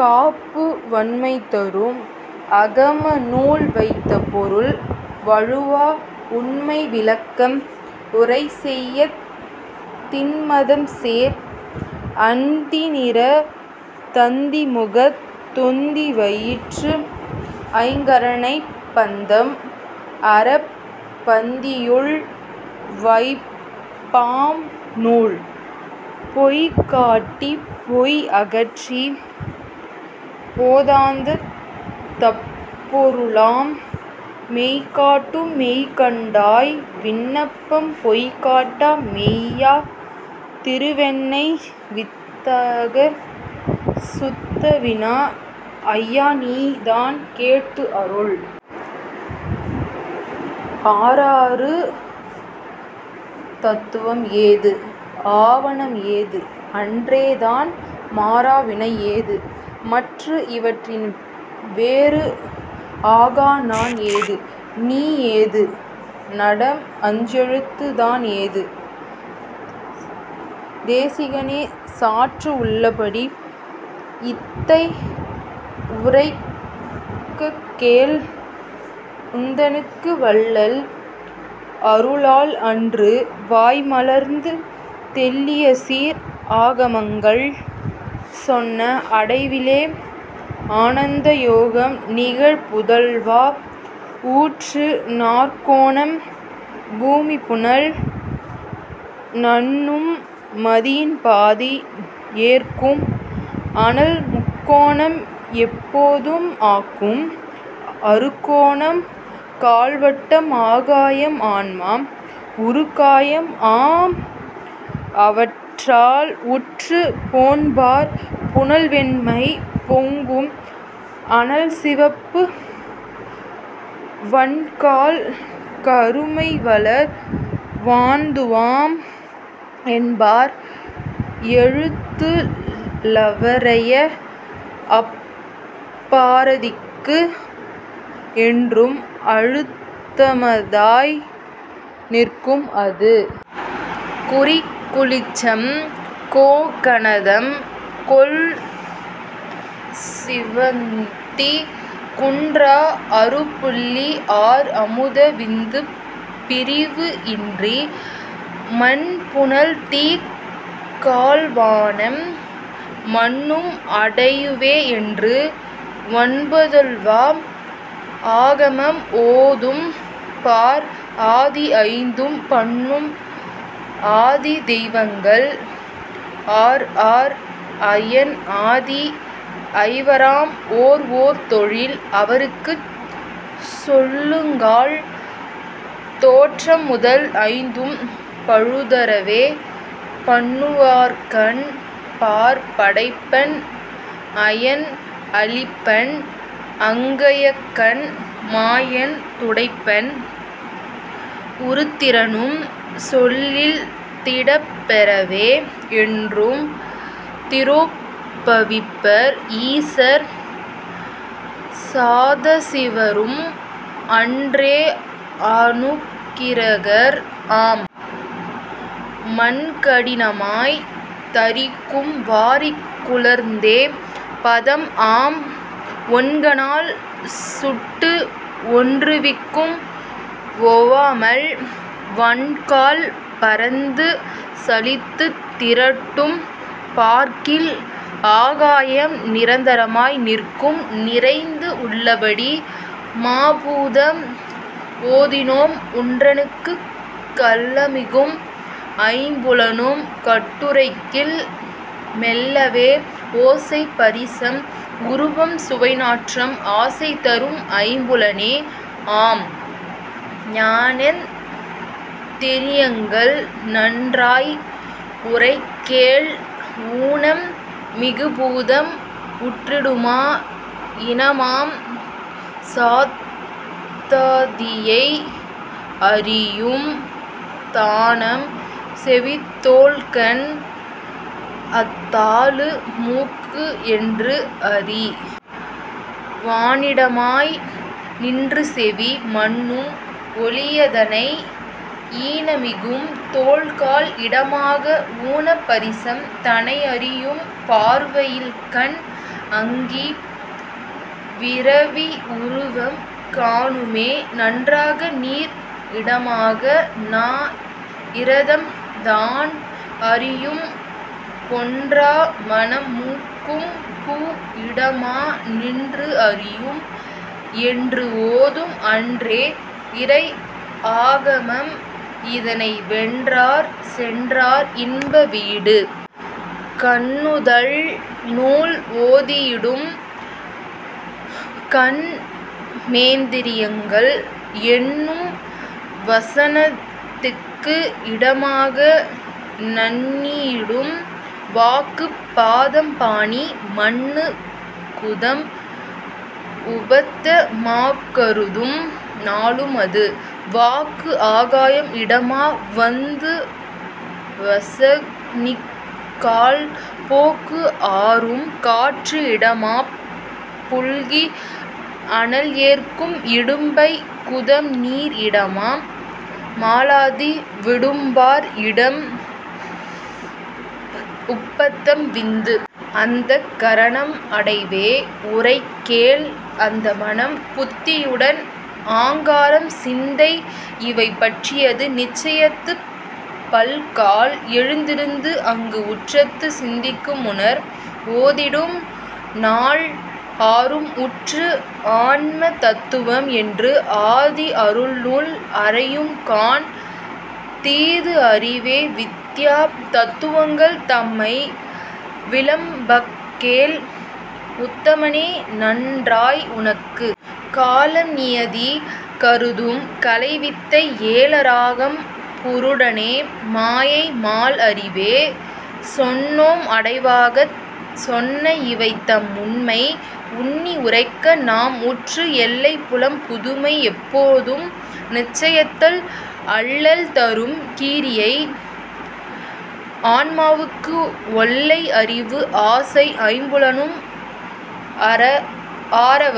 காப்பு வண்மைதரும் ஆகமநூல் வைத்த பொருள் வழுவா உண்மைவிளக்கம் உரைசெய்யத் திண்மதம்சேர் அந்திநிறத் தந்திமுகத் தொந்திவயிற்று ஐங்கரனைப் பந்தம் அறப் புந்தியுள் வைப்பாம் நூல் பொய்காட்டிப் பொய் அகற்றிப் போதானந் தப்பொருளாம் மெய்காட்டும் மெய்கண்டாய் விண்ணப்பம் பொய்காட்டா மெய்யா திருவெண்ணை வித்தகா சுத்தவினா ஐயாநீ தான் கேட்டு அருள். ஆறாறு தத்துவம் ஏது? ஆணவம் ஏது? அன்றே தான் மாறா வினை ஏது? மற்று இவற்றின் வேறு ஆகா நான் ஏது? நீ ஏது? நடம் அஞ்செழுத்துத் தான் ஏது? தேசிகனே சாற்று உள்ளபடி இத்தை உரைக்கக்கேள் உந்தனக்கு வள்ளல் அருளால் அன்று வாய்மலர்ந்து தெள்ளியசீர் ஆகமங்கள் சொன்ன அடைவிலே ஆனந்த யோகம் நிகழ் புதல்வா உற்று நாற்கோணம் பூமிபுனல் நண்ணும் மதியின்பாதி ஏற்கும் அனல் முக்கோணம் எப்போதும் ஆக்கும் அறுகோணம் கால்வட்டம் ஆகாயம் ஆன்மா உறுகாயம் ஆம் இவற்றால் உற்று பொன்பார் புனல்வெண்மை பொங்கும் அனல்சிவப்பு வன்கால் கருமைவளர் வான்தூமம் என்பார் எழுத்து லவரய அப்பாராதிக்கு என்றும் அழுத்தமதாய் நிற்கும் அது. குறிகுலிசம் கோகனதம் கொள்சுவத்தி குன்றா அறுபுள்ளி ஆர் அமுத விந்துப் பிறிவு இன்றி மண்புனல்தீக் கால்வானம் மன்னும் அடைவேஎன்று ஒண்புதல்வா ஆகமம் ஓதும். பார் ஆதி ஐந்தும் பன்னும் அதி தெய்வங்கள் ஆர் ஆர் அயன் ஆதி ஐவராம் ஓர் ஓர் தொழில் அவர்க்குச் சொல்லுங்கால் தோற்றம் முதல் ஐந்தும் பழுதறவே பண்ணுவர்காண் பார் படைப்பன் அயன் அளிப்பன் பங்கயக்கண் மாயன் துடைப்பன் உருத்திரனும் சொல்லில் திடப்பெறவே என்றும் திரோபவிப்பர் ஈசர் சதாசிவரும் அன்றே அநுக்கிரகர் ஆம். மண்கடினமாய்த் தரிக்கும் வாரிகுளிர்ந்தே பதம் ஆம் ஒண்கனல் சுட்டு ஒன்றுவிக்கும் ஓவாமல் வண்கால் பரந்து சலித்துத் திரட்டும் பார்க்கில் ஆகாயம் நிரந்தரமாய் நிற்கும் நிறைந்து. உள்ளபடி மாபூதம் ஓதினோம் உன்றனக்குக் கள்ளம்மிகும் ஐம்புலனும் கட்டுரைக்கில் மெள்ளவே ஓசை பரிசம் உருவம் சுவைநாற்றம் ஆசைதரும் ஐம்புலனே ஆம் ஞானேந் திரியங்கள் நன்றாய்க் உரைக்கக்கேள் ஊனம் மிகுபூதம் உற்றிடமா ஈனமாம் சத்தாதியை அறியும் தானம் செவிதோல்கண் அத்தாலு மூக்கு என்று அறி. வானிடமாய் நின்றுசெவி மன்னும் ஒலியதனை ஈனமிகும் தோல்கால் இடமாக ஊனப் பரிசம் தனை அறியும் பார்வையில்கண் அங்கி விரவி உருவம் காணுமே. நன்றாக நீர் இடமாக நாஇரதம் தான் அறியும் பொன்றா மணம்மூக்கும் பூ இடமா நின்று அறியும் என்று ஓதும் அன்றே இறை ஆகமம் இதனை வென்றார் சென்றார் இன்ப வீடு. கண்நுதல் நூல் ஓதியிடும் கன்மேந்திரியங்கள் எண்ணும் வசனாதிக்கு இடமாக நண்ணியிடும் வாக்குப் பாதம்பாணி மன்னு குதம் உபத்த மாக்கருதும் நாளும் அது. வாக்கு ஆகாயம் இடமா வந்து வசனிக்குக்கால் போக்கு ஆரும் காற்று இடமாப் புல்கி அனல் ஏற்கும் இடும்பை குதம் நீர் இடமா மலாதி விடும்பார் இடம் உபத்தம் விந்து. அந்தக் கரணம் அடைவே உரைக்ககேள் அந்தமனம் புத்தியுடன் ஆங்காரம் சிந்தை இவை பற்றியது நிச்சயித்துப் பல்கால் எழுந்திருந்து அங்கு உற்றது சிந்திக்கும் உணர். ஓதியிடும் நால் ஆறும் உற்று ஆன்ம தத்துவம் என்று ஆதி அருள்நூல் அறையும்காண் தீது அறவே வித்தியா தத்துவங்கள் தம்மை விளம்ப்பக்கேள் உத்தமனே நன்றாய் உனக்கு. காலம்நியதி கருதும் கலைவித்தை ஏல இராகம் புருடனே மாயை மால் அறவே சொன்னோம் அடைவாகச் சொன்ன இவை தம் உண்மை உன்னி உரைக்க நாம் உற்று எல்லை பலம் புதுமை எப்போதும் நிச்சயித்தல் அல்லல் தரும் கிரியை ஆன்மாவுக்கு ஒல்லை அறிவு ஆசை ஐம்புலனும் ஆரவரும்